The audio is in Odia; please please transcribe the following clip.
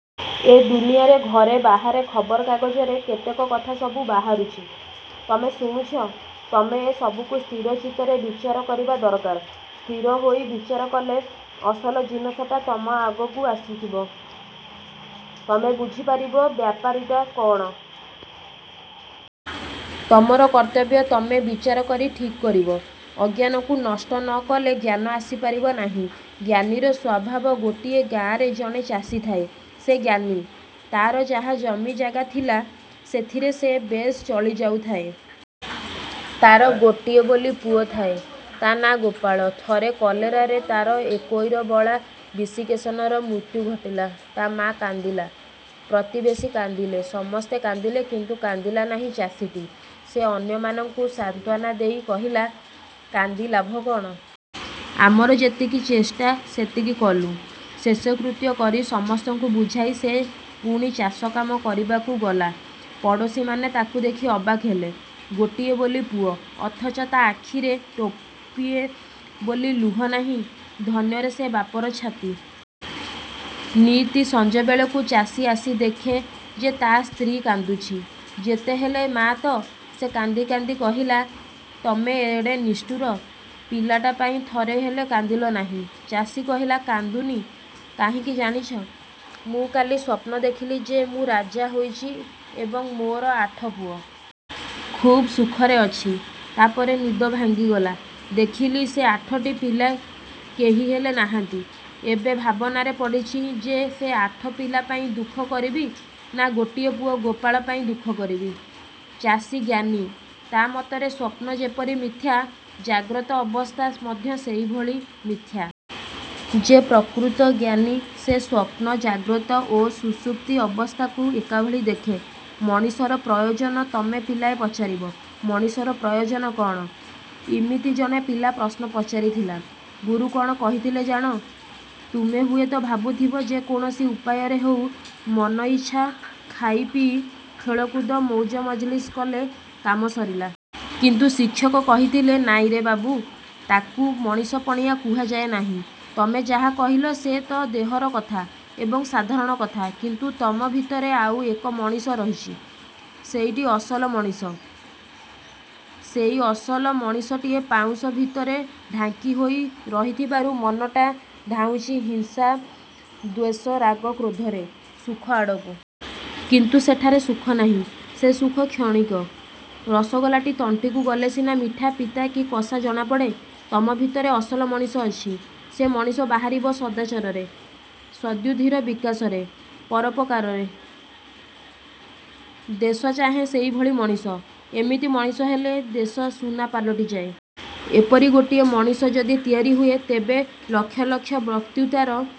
ଏ ଦୁନିଆରେ ଘରେ ବାହାରେ, ଖବରକାଗଜରେ କେତେକ କଥା ସବୁ ବାହାରୁଛି, ତମେ ଶୁଣୁଛ। ତମେ ଏ ସବୁକୁ ସ୍ଥିର ଚିତ୍ତରେ ବିଚାର କରିବା ଦରକାର। ସ୍ଥିର ହୋଇ ବିଚାର କଲେ ଅସଲ ଜିନିଷଟା ତମ ଆଗକୁ ଆସିଯିବ। ତମେ ବୁଝି ପାରିବ ବ୍ୟାପାରଟି କଣ? ତମର କର୍ତ୍ତବ୍ୟ ତମେ ବିଚାରକରି ଠିକ୍ କରିବ। ଅଜ୍ଞାନକୁ ନଷ୍ଟ ନ କଲେ ଜ୍ଞାନ ଆସି ପାରିବ ନାହିଁ। ଜ୍ଞାନୀର ସ୍ୱଭାବ ଗୋଟିଏ ଗାଁରେ ଜଣେ ଚାଷୀ ଥାଏ। ସେ ଜ୍ଞାନୀ। ତାର ଯାହା ଜମି ଜାଗା ଥିଲା, ସେଥିରେ ସେ ବେଶ୍ ଚଳି ଯାଉଥାଏ। ତା'ର ଗୋଟିଏ ବୋଲି ପୁଅ ଥାଏ। ତା' ନାଁ ଗୋପାଳ। ଥରେ କଲେରାରେ ତା'ର ଏକୋଇରବଳା ବିଶିକେଶନର ମୃତ୍ୟୁ ଘଟିଲା। ତା' ମା କାନ୍ଦିଲା, ପ୍ରତିବେଶୀ କାନ୍ଦିଲେ, ସମସ୍ତେ କାନ୍ଦିଲେ କିନ୍ତୁ କାନ୍ଦିଲା ନାହିଁ ଚାଷୀଟି। ସେ ଅନ୍ୟମାନଙ୍କୁ ସାନ୍ତ୍ୱନା ଦେଇ କହିଲା-'କାନ୍ଦି ଲାଭ କ'ଣ? ଆମର ଯେତିକି ଚେଷ୍ଟା, ସେତିକି କଲୁଁ। ' ଶେଷକୃତ୍ୟ କରି ସମସ୍ତଙ୍କୁ ବୁଝାଇ ସେ ପୁଣି ଚାଷ କାମ କରିବାକୁ ଗଲା। ପଡ଼ୋଶୀମାନେ ତାକୁ ଦେଖି ଅବାକ୍ ହେଲେ। ଗୋଟିଏ ବୋଲି ପୁଅ, ଅଥଚ ତା' ଆଖିରେ ଟୋପିଏ ବୋଲି ଲୁହ ନାହିଁ। ଧନ୍ୟ ସେ ବାପର ଛାତି! ନିତି ସଞ୍ଜବେଳକୁ ଚାଷୀ ଆସି ଦେଖେ ଯେ ତା' ସ୍ତ୍ରୀ କାନ୍ଦୁଛି। ଯେତେହେଲେ ମା'ତ। ସେ କାନ୍ଦି କାନ୍ଦି କହିଲା-''ତମେ ଏଡ଼େ ନିଷ୍ଠୁର। ପିଲାଟା ପାଇଁ ଥରେ ହେଲେ କାନ୍ଦିଲ ନାହିଁ? '' ଚାଷୀ କହିଲା, ''କାନ୍ଦୁନି କାହିଁକି ଜାଣିଛ? ମୁଁ କାଲି ସ୍ୱପ୍ନ ଦେଖିଲି ଯେ ମୁଁ ରାଜା ହୋଇଛି ଏବଂ ମୋର ଆଠ ପୁଅ। ଖୁବ୍ ସୁଖରେ ଅଛି। ତା'ପରେ ନିଦ ଭାଙ୍ଗିଗଲା। ଦେଖିଲି ସେ ଆଠଟି ପିଲା କେହି ହେଲେ ନାହାନ୍ତି। ଏବେ ଭାବନାରେ ପଡ଼ିଛି ଯେ ସେ ଆଠ ପିଲା ପାଇଁ ଦୁଃଖ କରିବି ନା ଗୋଟିଏ ପୁଅ ଗୋପାଳ ପାଇଁ ଦୁଃଖ କରିବି। '' ଚାଷୀ ଜ୍ଞାନୀ-ତା' ମତରେ ସ୍ୱପ୍ନ ଯେପରି ମିଥ୍ୟା, ଜାଗ୍ରତ ଅବସ୍ଥା ମଧ୍ୟ ସେହିଭଳି ମିଥ୍ୟା-। ଯେ ପ୍ରକୃତ ଜ୍ଞାନୀ, ସେ ସ୍ୱପ୍ନ, ଜାଗ୍ରତ ଓ ସୁଷୁପ୍ତି ଅବସ୍ଥାକୁ ଏକାଭଳି ଦେଖେ। ମଣିଷର ପ୍ରୟୋଜନ ତମେ ପିଲାଏ ପଚାରିବ, ମଣିଷର ପ୍ରୟୋଜନ କଣ? ଇମିତି ଜଣେ ପିଲା ପ୍ରଶ୍ନ ପଚାରିଥିଲା। ଗୁରୁ କ'ଣ କହିଥିଲେ ଜାଣ! ତୁମେ ହୁଏତ ଭାବୁଥିବ, ଯେ କୌଣସି ଉପାୟରେ ହେଉ, ମନଇଚ୍ଛା ଖାଇପିଇ, ଖେଳିକୁଦି, ମଉଜମଜଲିସ କଲେ କାମ ସରିଲା। କିନ୍ତୁ ଶିକ୍ଷକ କହିଥିଲେ-''ନାଇଁରେ ବାବୁ, ତାକୁ ମଣିଷପଣିଆ କୁହାଯାଏ ନାହିଁ। ତମେ ଯାହା କହିଲ ସେ ତ ଦେହର କଥା ଏବଂ ସାଧାରଣ କଥା; କିନ୍ତୁ ତମ ଭିତରେ ଆଉ ଏକ ମଣିଷ ରହିଛି; ସେଇଟି ଅସଲ ମଣିଷ। ସେଇ ଅସଲ ମଣିଷଟି ପାଉଁଶ ଭିତରେ ଢାଙ୍କି ହୋଇ ରହିଥିବାରୁ ମନଟା ଧାଉଁଛି ହିଂସା, ଦ୍ୱେଷ ରାଗ-କ୍ରୋଧରେ ସୁଖ ଆଡ଼କୁ। କିନ୍ତୁ ସେଠାରେ ସୁଖ ନାହିଁ। ସେ ସୁଖ କ୍ଷଣିକ। ରସଗୋଲାଟି ତଣ୍ଟିକୁ ଗଲେ ସିନା ମିଠା, ପିତା କି କଷା ଜଣାପଡ଼େ। ତମ ଭିତରେ ଅସଲ ମଣିଷ ଅଛି। ସେ ମଣିଷ ବାହାରିବ ସଦାଚାରରେ, ସଦ୍ବୁଦ୍ଧିର ବିକାଶରେ, ପରୋପକାରରେ। ଦେଶ ଚାହେଁ ସେଇଭଳି ମଣିଷ। ଏମିତି ମଣିଷ ହେଲେ ଦେଶ ସୁନା ପାଲଟିଯାଏ। ଏପରି ଗୋଟିଏ ମଣିଷ ଯଦି ତିଆରି ହୁଏ,। ତେବେ ଲକ୍ଷ ଲକ୍ଷ ବକ୍ତୃତାର